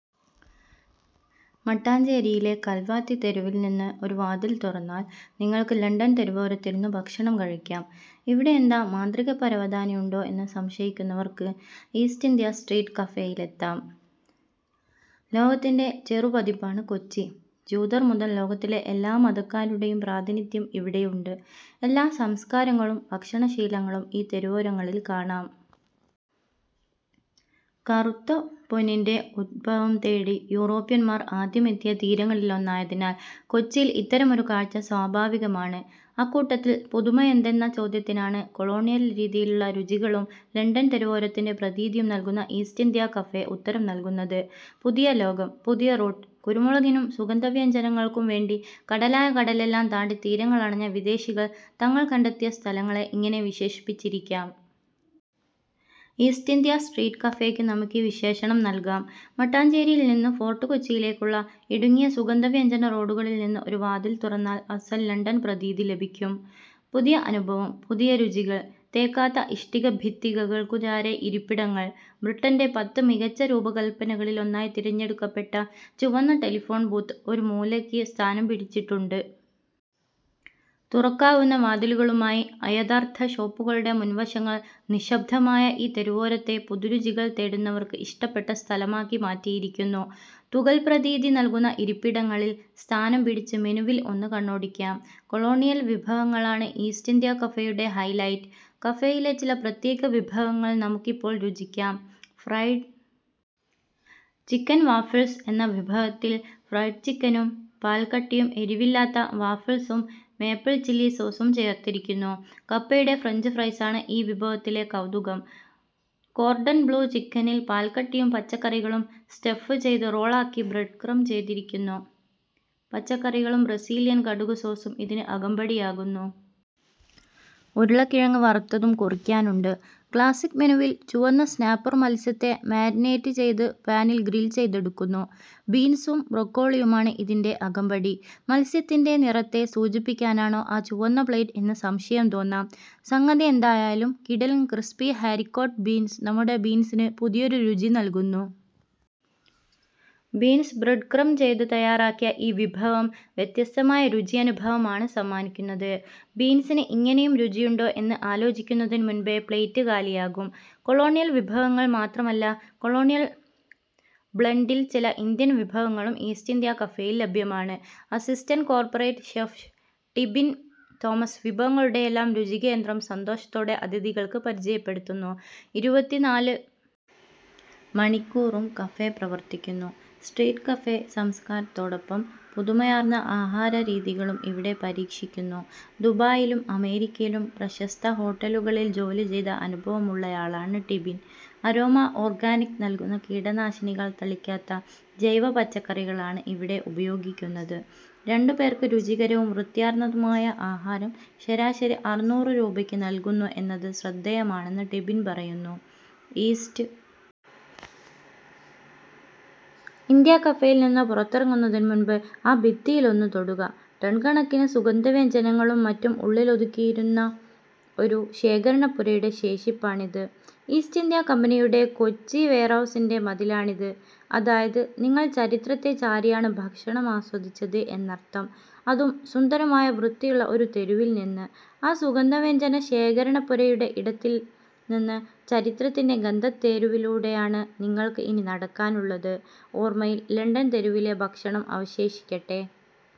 മട്ടാഞ്ചേരിയിലെ കൽവാത്തി തെരുവിൽനിന്ന് ഒരു വാതിൽ തുറന്നാൽ നിങ്ങൾക്ക് ലണ്ടൻ തെരുവോരത്തിരുന്ന് ഭക്ഷണം കഴിക്കാം. ഇവിടെ എന്താ മാന്ത്രികപ്പരവതാനിയുണ്ടോ എന്ന് സംശയിക്കുന്നവർക്ക് ഈസ്റ്റ് ഇന്ത്യ സ്ട്രീറ്റ് കഫേയിലെത്താം. ലോകത്തിന്റെ ചെറുപതിപ്പാണ് കൊച്ചി. ജൂതർ മുതൽ ലോകത്തിലെ എല്ലാ മതക്കാരുടെയും പ്രാതിനിധ്യം ഇവിടെയുണ്ട്. എല്ലാ സംസ്കാരങ്ങളും ഭക്ഷണശീലങ്ങളും ഈ തെരുവോരങ്ങളിൽ കാണാം. കറുത്ത പൊന്നിന്റെ ഉദ്ഭവം തേടി യൂറോപ്യൻമാർ ആദ്യമെത്തിയ തീരങ്ങളിലൊന്നായതിനാൽ കൊച്ചിയിൽ ഇത്തരമൊരു കാഴ്ച സ്വാഭാവികമാണ്. അക്കൂട്ടത്തിൽ പുതുമയെന്തെന്ന ചോദ്യത്തിനാണ് കൊളോണിയൽ രീതിയിലുള്ള രുചികളും ലണ്ടൻ തെരുവോരത്തിന്റെ പ്രതീതിയും നൽകുന്ന ഈസ്റ്റ് ഇന്ത്യാ കഫേ ഉത്തരം നൽകുന്നത്. പുതിയ ലോകം. പുതിയ റൂട്ട്. കുരുമുളകിനും സുഗന്ധവ്യഞ്ജനങ്ങൾക്കും വേണ്ടി കടലായ കടലെല്ലാം താണ്ടി തീരങ്ങളണഞ്ഞ വിദേശികൾ തങ്ങൾ കണ്ടെത്തിയ സ്ഥലങ്ങളെ ഇങ്ങനെ വിശേഷിപ്പിച്ചിരിക്കാം. ഈസ്റ്റ് ഇന്ത്യ സ്ട്രീറ്റ് കഫേയ്ക്കും നമുക്കീ വിശേഷണം നൽകാം. മട്ടാഞ്ചേരിയിൽനിന്ന് ഫോർട്ട് കൊച്ചിയിലേക്കുള്ള ഇടുങ്ങിയ സുഗന്ധവ്യഞ്ജന റോഡുകളിൽനിന്ന് ഒരു വാതിൽ തുറന്നാൽ അസ്സൽ ലണ്ടൻ പ്രതീതി ലഭിക്കും. പുതിയ അനുഭവം. പുതിയ രുചികൾ. തേക്കാത്ത ഇഷ്ടികഭിത്തികൾക്കു ചാരെ ഇരിപ്പിടങ്ങൾ. ബ്രിട്ടന്റെ പത്ത് മികച്ച രൂപകൽപ്പനകളിലൊന്നായി തിരഞ്ഞെടുക്കപ്പെട്ട ചുവന്ന ടെലിഫോൺ ബൂത്ത് ഒരു മൂലയ്ക്ക് സ്ഥാനം പിടിച്ചിട്ടുണ്ട്. തുറക്കാവുന്ന വാതിലുകളുമായി അയഥാർഥ ഷോപ്പുകളുടെ മുൻവശങ്ങൾ നിശ്ശബ്ദമായ ഈ തെരുവോരത്തെ പുതുരുചികൾ തേടുന്നവർക്ക് ഇഷ്ടപ്പെട്ട സ്ഥലമാക്കി മാറ്റിയിരിക്കുന്നു. തുകൽ പ്രതീതി നൽകുന്ന ഇരിപ്പിടങ്ങളിൽ സ്ഥാനം പിടിച്ച് മെനുവിൽ ഒന്ന് കണ്ണോടിക്കാം. കൊളോണിയൽ വിഭവങ്ങളാണ് ഈസ്റ്റ് ഇന്ത്യാ കഫേയുടെ ഹൈലൈറ്റ്. കഫേയിലെ ചില പ്രത്യേക വിഭവങ്ങൾ നമുക്കിപ്പോൾ രുചിക്കാം. ഫ്രൈഡ് ചിക്കൻ വാഫിൾസ് എന്ന വിഭവത്തിൽ ഫ്രൈഡ് ചിക്കനും പാൽക്കട്ടിയും എരിവില്ലാത്ത വാഫിൾസും മേപ്പിൾ ചില്ലി സോസും ചേർത്തിരിക്കുന്നു. കപ്പയുടെ ഫ്രഞ്ച് ഫ്രൈസാണ് ഈ വിഭവത്തിലെ കൗതുകം. കോർഡൺ ബ്ല്യൂ ചിക്കനിൽ പാൽക്കട്ടിയും പച്ചക്കറികളും സ്റ്റഫ് ചെയ്ത് റോൾ ആക്കി ബ്രെഡ് ക്രംപ് ചെയ്തിരിക്കുന്നു. പച്ചക്കറികളും ബ്രസീലിയൻ കടുക് സോസും ഇതിന് അകമ്പടിയാകുന്നു. ഉരുളക്കിഴങ്ങ് വറുത്തതും കൊറിക്കാനുണ്ട്. ക്ലാസിക് മെനുവിൽ ചുവന്ന സ്നാപ്പർ മത്സ്യത്തെ മാരിനേറ്റ് ചെയ്ത് പാനിൽ ഗ്രിൽ ചെയ്തെടുക്കുന്നു. ബീൻസും ബ്രൊക്കോളിയുമാണ് ഇതിന്റെ അകമ്പടി. മത്സ്യത്തിന്റെ നിറത്തെ സൂചിപ്പിക്കാനാണോ ആ ചുവന്ന പ്ലേറ്റ് എന്ന് സംശയം തോന്നാം. സംഗതി എന്തായാലും കിടിലൻ. ക്രിസ്പി ഹാരിക്കോട്ട് ബീൻസ് നമ്മുടെ ബീൻസിന് പുതിയൊരു രുചി നൽകുന്നു. ബീൻസ് ബ്രെഡ് ക്രംപ് ചെയ്ത് തയ്യാറാക്കിയ ഈ വിഭവം വ്യത്യസ്തമായ രുചിയനുഭവമാണ് സമ്മാനിക്കുന്നത്. ബീൻസിന് ഇങ്ങനെയും രുചിയുണ്ടോ എന്ന് ആലോചിക്കുന്നതിന് മുമ്പേ പ്ലേറ്റ് കാലിയാകും. കൊളോണിയൽ വിഭവങ്ങൾ മാത്രമല്ല. കൊളോണിയൽ ബ്ലെൻഡിൽ ചില ഇന്ത്യൻ വിഭവങ്ങളും ഈസ്റ്റ് ഇന്ത്യാ കഫേയിൽ ലഭ്യമാണ്. Assistant corporate chef Tibin Thomas വിഭവങ്ങളുടെയെല്ലാം രുചികേന്ദ്രം സന്തോഷത്തോടെ അതിഥികൾക്ക് പരിചയപ്പെടുത്തുന്നു. ഇരുപത്തിനാല് മണിക്കൂറും കഫേ പ്രവർത്തിക്കുന്നു. സ്ട്രീറ്റ് കഫേ സംസ്കാരത്തോടൊപ്പം പുതുമയാർന്ന ആഹാരരീതികളും ഇവിടെ പരീക്ഷിക്കുന്നു. ദുബായിലും അമേരിക്കയിലും പ്രശസ്ത ഹോട്ടലുകളിൽ ജോലി ചെയ്ത അനുഭവമുള്ളയാളാണ് ടിബിൻ. അരോമ ഓർഗാനിക് നൽകുന്ന കീടനാശിനികൾ തളിക്കാത്ത ജൈവ പച്ചക്കറികളാണ് ഇവിടെ ഉപയോഗിക്കുന്നത്. രണ്ടുപേർക്ക് രുചികരവും വൃത്തിയാർന്നതുമായ ആഹാരം ശരാശരി അറുനൂറ് രൂപയ്ക്ക് നൽകുന്നു എന്നത് ശ്രദ്ധേയമാണെന്ന് ടിബിൻ പറയുന്നു. ഈസ്റ്റ് ഇന്ത്യാ കഫേയിൽനിന്ന് പുറത്തിറങ്ങുന്നതിന് മുമ്പ് ആ ഭിത്തിയിലൊന്ന് തൊടുക. ടൺ കണക്കിന് സുഗന്ധവ്യഞ്ജനങ്ങളും മറ്റും ഉള്ളിലൊതുക്കിയിരുന്ന ഒരു ശേഖരണപ്പുരയുടെ ശേഷിപ്പാണിത്. ഈസ്റ്റ് ഇന്ത്യാ കമ്പനിയുടെ കൊച്ചി വെയർഹൗസിന്റെ മതിലാണിത്. അതായത് നിങ്ങൾ ചരിത്രത്തെ ചാരിയാണ് ഭക്ഷണം ആസ്വദിച്ചത് എന്നർഥം. അതും സുന്ദരമായ വൃത്തിയുള്ള ഒരു തെരുവിൽനിന്ന്. ആ സുഗന്ധവ്യഞ്ജന ശേഖരണപ്പുരയുടെ ഇടത്തിൽനിന്ന് ചരിത്രത്തിന്റെ ഗന്ധത്തേരുവിലൂടെയാണ് നിങ്ങൾക്ക് ഇനി നടക്കാനുള്ളത്. ഓർമയിൽ ലണ്ടൻ തെരുവിലെ ഭക്ഷണം അവശേഷിക്കട്ടെ.